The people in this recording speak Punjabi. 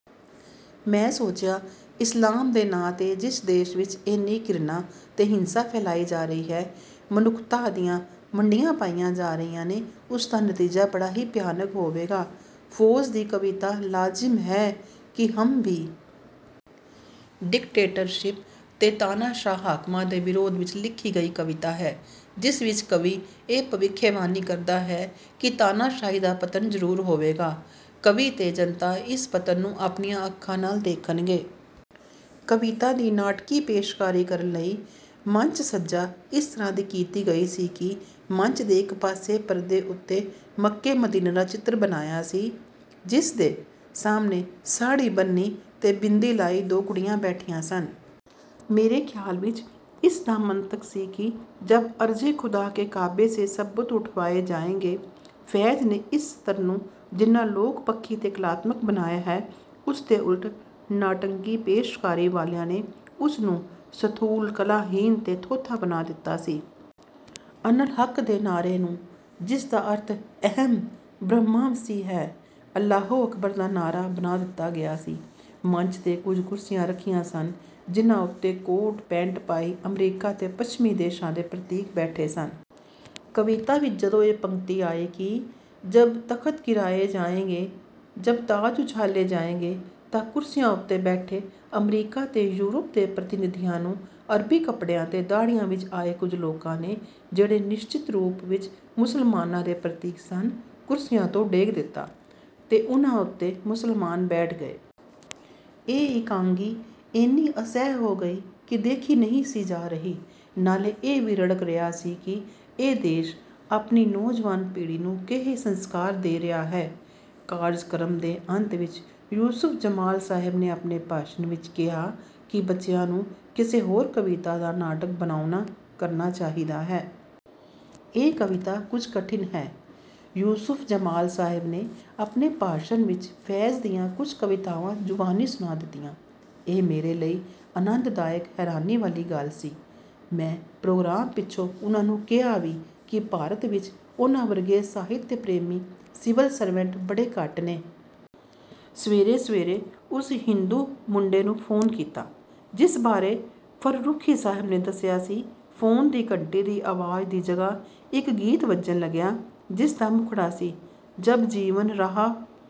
ਮੈਂ ਸੋਚਿਆ, ਇਸਲਾਮ ਦੇ ਨਾਂ ਤੇ ਜਿਸ ਦੇਸ਼ ਵਿੱਚ ਏਨੀ ਘਿਰਣਾ ਤੇ ਹਿੰਸਾ ਫੈਲਾਈ ਜਾ ਰਹੀ ਹੈ, 'ਮਨੁੱਖਤਾ' ਦੀਆਂ ਵੰਡੀਆਂ ਪਾਈਆਂ ਜਾ ਰਹੀਆਂ ਨੇ, ਉਸਦਾ ਨਤੀਜਾ ਬੜਾ ਹੀ ਭਿਆਨਕ ਹੋਵੇਗਾ। 'ਫ਼ੈਜ਼' ਦੀ ਕਵਿਤਾ 'ਲਾਜ਼ਿਮ ਹੈ ਕਿ ਹਮ ਭੀ...' ਡਿਕਟੇਟਰਸ਼ਿਪ ਤੇ ਤਾਨਾਸ਼ਾਹ ਹਾਕਮਾਂ ਦੇ ਵਿਰੋਧ ਵਿੱਚ ਲਿਖੀ ਗਈ ਕਵਿਤਾ ਹੈ, ਜਿਸ ਵਿੱਚ ਕਵੀ ਇਹ ਭਵਿੱਖਬਾਣੀ ਕਰਦਾ ਹੈ ਕਿ ਤਾਨਾਸ਼ਾਹੀ ਦਾ ਪਤਨ ਜ਼ਰੂਰ ਹੋਵੇਗਾ। ਕਵੀ ਤੇ ਜਨਤਾ ਇਸ ਪਤਨ ਨੂੰ ਆਪਣੀਆਂ ਅੱਖਾਂ ਨਾਲ ਦੇਖਣਗੇ। ਕਵਿਤਾ ਦੀ ਨਾਟਕੀ ਪੇਸ਼ਕਾਰੀ ਕਰਨ ਲਈ ਮੰਚ-ਸੱਜਾ ਇਸ ਤਰ੍ਹਾਂ ਦੀ ਕੀਤੀ ਗਈ ਸੀ ਕਿ ਮੰਚ ਦੇ ਇੱਕ ਪਾਸੇ ਪਰਦੇ ਉੱਤੇ ਮੱਕੇ-ਮਦੀਨੇ ਦਾ ਚਿੱਤਰ ਬਣਿਆ ਸੀ, ਜਿਸਦੇ ਸਾਹਮਣੇ ਸਾੜ੍ਹੀ ਬੰਨ੍ਹੀ ਤੇ ਬਿੰਦੀ ਲਾਈ ਦੋ ਕੁੜੀਆਂ ਬੈਠੀਆਂ ਸਨ। ਮੇਰੇ ਖ਼ਿਆਲ ਵਿੱਚ ਇਸ ਦਾ ਮੰਤਕ ਸੀ ਕਿ 'ਜਬ ਅਰਜ਼-ਏ-ਖ਼ੁਦਾ ਕੇ ਕਾਬੇ ਸੇ ਸਬ ਬੁਤ ਉਠਵਾਏ ਜਾਏਂਗੇ।' ਫ਼ੈਜ਼ ਨੇ ਇਸ ਸਤਰ ਨੂੰ ਜਿੰਨਾ ਲੋਕ-ਪੱਖੀ ਤੇ ਕਲਾਤਮਕ ਬਣਾਇਆ ਹੈ, ਉਸਦੇ ਉਲਟ ਨਾਟਕੀ ਪੇਸ਼ਕਾਰੀ ਵਾਲਿਆਂ ਨੇ ਉਸਨੂੰ ਸਥੂਲ, ਕਲਾਹੀਣ ਤੇ ਥੋਥਾ ਬਣਾ ਦਿੱਤਾ ਸੀ। 'ਅਨਲਹਕ' ਦੇ ਨਾਅਰੇ ਨੂੰ, ਜਿਸਦਾ ਅਰਥ 'ਅਹਮ ਬ੍ਰਹਮਾਸਮੀ' ਹੈ, 'ਅੱਲਾਹੋ ਅਕਬਰ' ਦਾ ਨਾਅਰਾ ਬਣਾ ਦਿੱਤਾ ਗਿਆ ਸੀ। ਮੰਚ 'ਤੇ ਕੁਝ ਕੁਰਸੀਆਂ ਰੱਖੀਆਂ ਸਨ, ਜਿਨ੍ਹਾਂ ਉੱਤੇ ਕੋਟ-ਪੈਂਟ ਪਾਈ ਅਮਰੀਕਾ ਤੇ ਪੱਛਮੀ ਦੇਸ਼ਾਂ ਦੇ ਪ੍ਰਤੀਕ ਬੈਠੇ ਸਨ। ਕਵਿਤਾ ਵਿੱਚ ਜਦੋਂ ਇਹ ਪੰਗਤੀ ਆਈ ਕਿ 'ਜਬ ਤਖ਼ਤ ਗਿਰਾਏ ਜਾਏਂਗੇ, ਜਬ ਤਾਜ ਉਛਾਲੇ ਜਾਏਂਗੇ', ਤਾਂ ਕੁਰਸੀਆਂ ਉੱਤੇ ਬੈਠੇ ਅਮਰੀਕਾ ਤੇ ਯੂਰਪ ਦੇ ਪ੍ਰਤੀਨਿਧੀਆਂ ਨੂੰ ਅਰਬੀ ਕੱਪੜਿਆਂ ਤੇ ਦਾੜ੍ਹੀਆਂ ਵਿੱਚ ਆਏ ਕੁਝ ਲੋਕਾਂ ਨੇ, ਜਿਹੜੇ ਨਿਸ਼ਚਿਤ ਰੂਪ ਵਿੱਚ ਮੁਸਲਮਾਨਾਂ ਦੇ ਪ੍ਰਤੀਕ ਸਨ, ਕੁਰਸੀਆਂ ਤੋਂ ਡੇਗ ਦਿੱਤਾ ਤੇ ਉਹਨਾਂ ਉੱਤੇ ਮੁਸਲਮਾਨ ਬੈਠ ਗਏ। ਇਹ ਇਕਾਂਗੀ ਏਨੀ ਅਸਹਿ ਹੋ ਗਈ ਕਿ ਦੇਖੀ ਨਹੀਂ ਸੀ ਜਾ ਰਹੀ। ਨਾਲੇ ਇਹ ਵੀ ਰੜਕ ਰਿਹਾ ਸੀ ਕਿ ਇਹ ਦੇਸ਼ ਆਪਣੀ ਨੌਜਵਾਨ ਪੀੜ੍ਹੀ ਨੂੰ ਕੇਹੇ ਸੰਸਕਾਰ ਦੇ ਰਿਹਾ ਹੈ? ਕਾਰਜਕ੍ਰਮ ਦੇ ਅੰਤ ਵਿੱਚ ਯੂਸੁਫ ਜਮਾਲ ਸਾਹਿਬ ਨੇ ਆਪਣੇ ਭਾਸ਼ਣ ਵਿੱਚ ਕਿਹਾ ਕਿ ਬੱਚਿਆਂ ਨੂੰ ਕਿਸੇ ਹੋਰ ਕਵਿਤਾ ਦਾ ਨਾਟਕ ਬਣਾਉਣਾ ਕਰਨਾ ਚਾਹੀਦਾ ਹੈ। ਇਹ ਕਵਿਤਾ ਕੁਝ ਕਠਿਨ ਹੈ। ਯੂਸੁਫ ਜਮਾਲ ਸਾਹਿਬ ਨੇ ਆਪਣੇ ਭਾਸ਼ਣ ਵਿੱਚ ਫ਼ੈਜ਼ ਦੀਆਂ ਕੁਝ ਕਵਿਤਾਵਾਂ ਜ਼ੁਬਾਨੀ ਸੁਣਾ ਦਿੱਤੀਆਂ। ਇਹ ਮੇਰੇ ਲਈ ਆਨੰਦਦਾਇਕ ਹੈਰਾਨੀ ਵਾਲੀ ਗੱਲ ਸੀ। ਮੈਂ ਪ੍ਰੋਗਰਾਮ ਪਿੱਛੋਂ ਉਹਨਾਂ ਨੂੰ ਕਿਹਾ ਵੀ ਕਿ ਭਾਰਤ ਵਿੱਚ ਉਹਨਾਂ ਵਰਗੇ ਸਾਹਿਤ-ਪ੍ਰੇਮੀ ਸਿਵਲ ਸਰਵੈਂਟ ਬੜੇ ਘੱਟ ਨੇ। ਸਵੇਰੇ-ਸਵੇਰੇ ਉਸ ਹਿੰਦੂ ਮੁੰਡੇ ਨੂੰ ਫੋਨ ਕੀਤਾ, ਜਿਸ ਬਾਰੇ ਫ਼ਰਰੁਖ਼ੀ ਸਾਹਿਬ ਨੇ ਦੱਸਿਆ ਸੀ। ਫੋਨ ਦੀ ਘੰਟੀ ਦੀ ਆਵਾਜ਼ ਦੀ ਜਗ੍ਹਾ ਇੱਕ ਗੀਤ ਵੱਜਣ ਲੱਗਿਆ, ਜਿਸਦਾ ਮੁਖੜਾ ਸੀ, 'ਜਬ ਜੀਵਨ ਰਾਹ...'